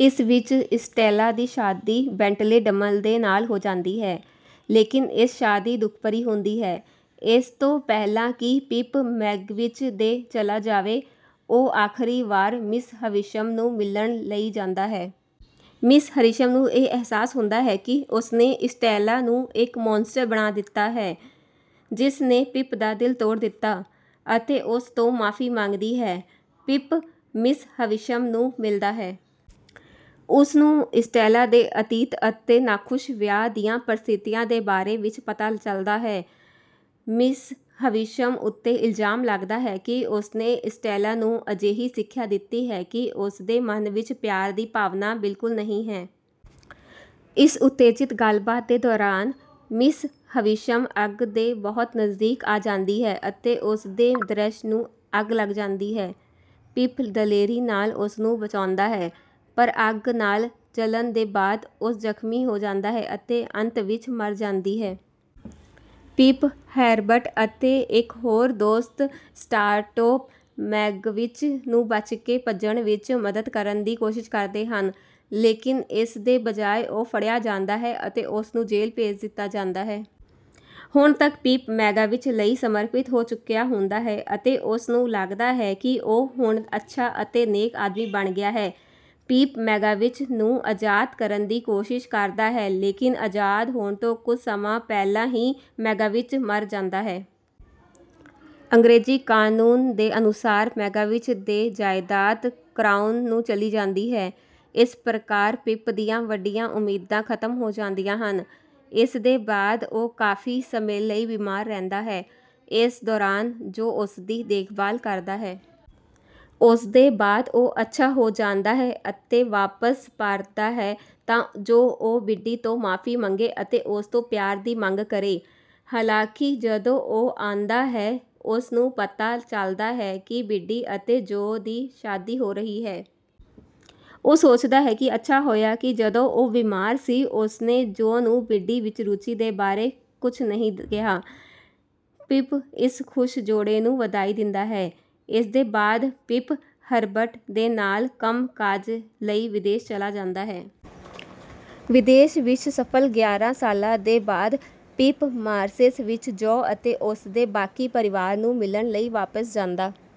ਇਸ ਵਿੱਚ ਇਸਟੈਲਾ ਦੀ ਸ਼ਾਦੀ ਬੈਂਟਲੇ ਡ੍ਰਮਲ ਦੇ ਨਾਲ ਹੋ ਜਾਂਦੀ ਹੈ, ਲੇਕਿਨ ਇਹ ਸ਼ਾਦੀ ਦੁਖਭਰੀ ਹੁੰਦੀ ਹੈ। ਇਸ ਤੋਂ ਪਹਿਲਾਂ ਕਿ ਪਿਪ ਮੈਗਵਿਚ ਦੇ ਨਾਲ ਚਲਾ ਜਾਵੇ, ਉਹ ਆਖਰੀ ਵਾਰ ਮਿਸ ਹਵਿਸ਼ਮ ਨੂੰ ਮਿਲਣ ਲਈ ਜਾਂਦਾ ਹੈ। ਮਿਸ ਹਵਿਸ਼ਮ ਨੂੰ ਇਹ ਅਹਿਸਾਸ ਹੁੰਦਾ ਹੈ ਕਿ ਉਸ ਨੇ ਇਸਟੈਲਾ ਨੂੰ ਇੱਕ ਮੌਨਸਟਰ ਬਣਾ ਦਿੱਤਾ ਹੈ, ਜਿਸ ਨੇ ਪਿਪ ਦਾ ਦਿਲ ਤੋੜ ਦਿੱਤਾ, ਅਤੇ ਉਸ ਤੋਂ ਮਾਫੀ ਮੰਗਦੀ ਹੈ। ਪਿਪ ਮਿਸ ਹਵਿਸ਼ਮ ਨੂੰ ਮਿਲਦਾ ਹੈ। ਉਸ ਨੂੰ ਇਸਟੈਲਾ ਦੇ ਅਤੀਤ ਅਤੇ ਨਾਖੁਸ਼ ਵਿਆਹ ਦੀਆਂ ਪਰਿਸਥਿਤੀਆਂ ਦੇ ਬਾਰੇ ਵਿੱਚ ਪਤਾ ਚੱਲਦਾ ਹੈ। ਮਿਸ ਹਵਿਸ਼ਮ ਉੱਤੇ ਇਲਜ਼ਾਮ ਲੱਗਦਾ ਹੈ ਕਿ ਉਸ ਨੇ ਇਸਟੈਲਾ ਨੂੰ ਅਜਿਹੀ ਸਿੱਖਿਆ ਦਿੱਤੀ ਹੈ ਕਿ ਉਸ ਦੇ ਮਨ ਵਿੱਚ ਪਿਆਰ ਦੀ ਭਾਵਨਾ ਬਿਲਕੁੱਲ ਨਹੀਂ ਹੈ। ਇਸ ਉਤੇਜਿਤ ਗੱਲਬਾਤ ਦੇ ਦੌਰਾਨ, ਮਿਸ ਹਵਿਸ਼ਮ ਅੱਗ ਦੇ ਬਹੁਤ ਨਜ਼ਦੀਕ ਆ ਜਾਂਦੀ ਹੈ ਅਤੇ ਉਸ ਦੀ ਡਰੈਸ ਨੂੰ ਅੱਗ ਲੱਗ ਜਾਂਦੀ ਹੈ। ਪਿਪ ਦਲੇਰੀ ਨਾਲ ਉਸ ਨੂੰ ਬਚਾਉਂਦਾ ਹੈ, ਪਰ ਅੱਗ ਨਾਲ ਜਲਣ ਦੇ ਬਾਅਦ ਉਹ ਜ਼ਖ਼ਮੀ ਹੋ ਜਾਂਦੀ ਹੈ ਅਤੇ ਅੰਤ ਵਿੱਚ ਮਰ ਜਾਂਦੀ ਹੈ। ਪਿਪ, ਹਰਬਰਟ, ਅਤੇ ਇੱਕ ਹੋਰ ਦੋਸਤ, ਸਟਾਰਟੋਪ, ਮੈਗਵਿਚ ਨੂੰ ਬਚ ਕੇ ਭੱਜਣ ਵਿੱਚ ਮਦ ਕਰਨ ਦੀ ਕੋਸ਼ਿਸ਼ ਕਰਦੇ ਹਨ। ਲੇਕਿਨ ਇਸ ਦੀ ਬਜਾਏ ਉਹ ਫੜਿਆ ਜਾਂਦਾ ਹੈ ਅਤੇ ਉਸ ਨੂੰ ਜੇਲ੍ਹ ਭੇਜ ਦਿੱਤਾ ਜਾਂਦਾ ਹੈ। ਹੁਣ ਤੱਕ ਪਿਪ ਮੈਗਵਿਚ ਲਈ ਸਮਰਪਿਤ ਹੋ ਚੁੱਕਿਆ ਹੁੰਦਾ ਹੈ ਅਤੇ ਉਸ ਨੂੰ ਲੱਗਦਾ ਹੈ ਕਿ ਉਹ ਹੁਣ ਅੱਛਾ ਅਤੇ ਨੇਕ ਆਦਮੀ ਬਣ ਗਿਆ ਹੈ। ਪਿਪ ਮੈਗਵਿਚ ਨੂੰ ਆਜ਼ਾਦ ਕਰਨ ਦੀ ਕੋਸ਼ਿਸ਼ ਕਰਦਾ ਹੈ ਲੇਕਿਨ ਆਜ਼ਾਦ ਹੋਣ ਤੋਂ ਕੁਝ ਸਮਾਂ ਪਹਿਲਾਂ ਹੀ ਮੈਗਵਿਚ ਮਰ ਜਾਂਦਾ ਹੈ। ਅੰਗਰੇਜ਼ੀ ਕਨੂੰਨ ਦੇ ਅਨੁਸਾਰ ਮੈਗਵਿਚ ਦੀ ਜਾਇਦਾਦ ਕਰਾਊਨ ਨੂੰ ਚਲੀ ਜਾਂਦੀ ਹੈ। ਇਸ ਪ੍ਰਕਾਰ ਪਿਪ ਦੀਆਂ ਵੱਡੀਆਂ ਉਮੀਦਾਂ ਖ਼ਤਮ ਹੋ ਜਾਂਦੀਆਂ ਹਨ। ਇਸ ਦੇ ਬਾਅਦ ਉਹ ਕਾਫ਼ੀ ਸਮੇਂ ਲਈ ਬੀਮਾਰ ਰਹਿੰਦਾ ਹੈ। ਇਸ ਦੌਰਾਨ ਜੋਅ ਉਸ ਦੀ ਦੇਖਭਾਲ ਕਰਦਾ ਹੈ। ਉਸ ਦੇ ਬਾਅਦ ਉਹ ਅੱਛਾ ਹੋ ਜਾਂਦਾ ਹੈ, ਅਤੇ ਵਾਪਸ ਪਰਤਦਾ ਹੈ ਤਾਂ ਜੋ ਉਹ ਬਿੱਡੀ ਤੋਂ ਮਾਫੀ ਮੰਗੇ ਅਤੇ ਉਸ ਤੋਂ ਪਿਆਰ ਦੀ ਮੰਗ ਕਰੇ। ਹਾਲਾਂਕਿ, ਜਦੋਂ ਉਹ ਆਉਂਦਾ ਹੈ, ਉਸ ਨੂੰ ਪਤਾ ਚੱਲਦਾ ਹੈ ਕਿ ਬਿੱਡੀ ਅਤੇ ਜੋਅ ਦੀ ਸ਼ਾਦੀ ਹੋ ਰਹੀ ਹੈ। ਉਹ ਸੋਚਦਾ ਹੈ ਕਿ ਅੱਛਾ ਹੋਇਆ ਕਿ ਜਦੋਂ ਉਹ ਬੀਮਾਰ ਸੀ ਉਸ ਨੇ ਜੋਅ ਨੂੰ ਬਿੱਡੀ ਵਿੱਚ ਰੁਚੀ ਦੇ ਬਾਰੇ ਵਿੱਚ ਕੁਝ ਨਹੀਂ ਕਿਹਾ। ਪਿਪ ਇਸ ਖੁਸ਼ ਜੋੜੇ ਨੂੰ ਵਧਾਈ ਦਿੰਦਾ ਹੈ। ਇਸ ਦੇ ਬਾਅਦ, ਪਿਪ ਹਰਬਰਟ ਦੇ ਨਾਲ ਕੰਮ-ਕਾਜ ਲਈ ਵਿਦੇਸ਼ ਚਲਾ ਜਾਂਦਾ ਹੈ। ਵਿਦੇਸ਼ ਵਿੱਚ ਸਫਲ ਗਿਆਰਾਂ ਸਾਲਾਂ ਦੇ ਬਾਅਦ, ਪਿਪ ਮਾਰਸ਼ੇਜ਼ ਵਿੱਚ ਜੋਅ ਅਤੇ ਉਸ ਦੇ ਬਾਕੀ ਪਰਿਵਾਰ ਨੂੰ ਮਿਲਣ ਲਈ ਵਾਪਸ ਜਾਂਦਾ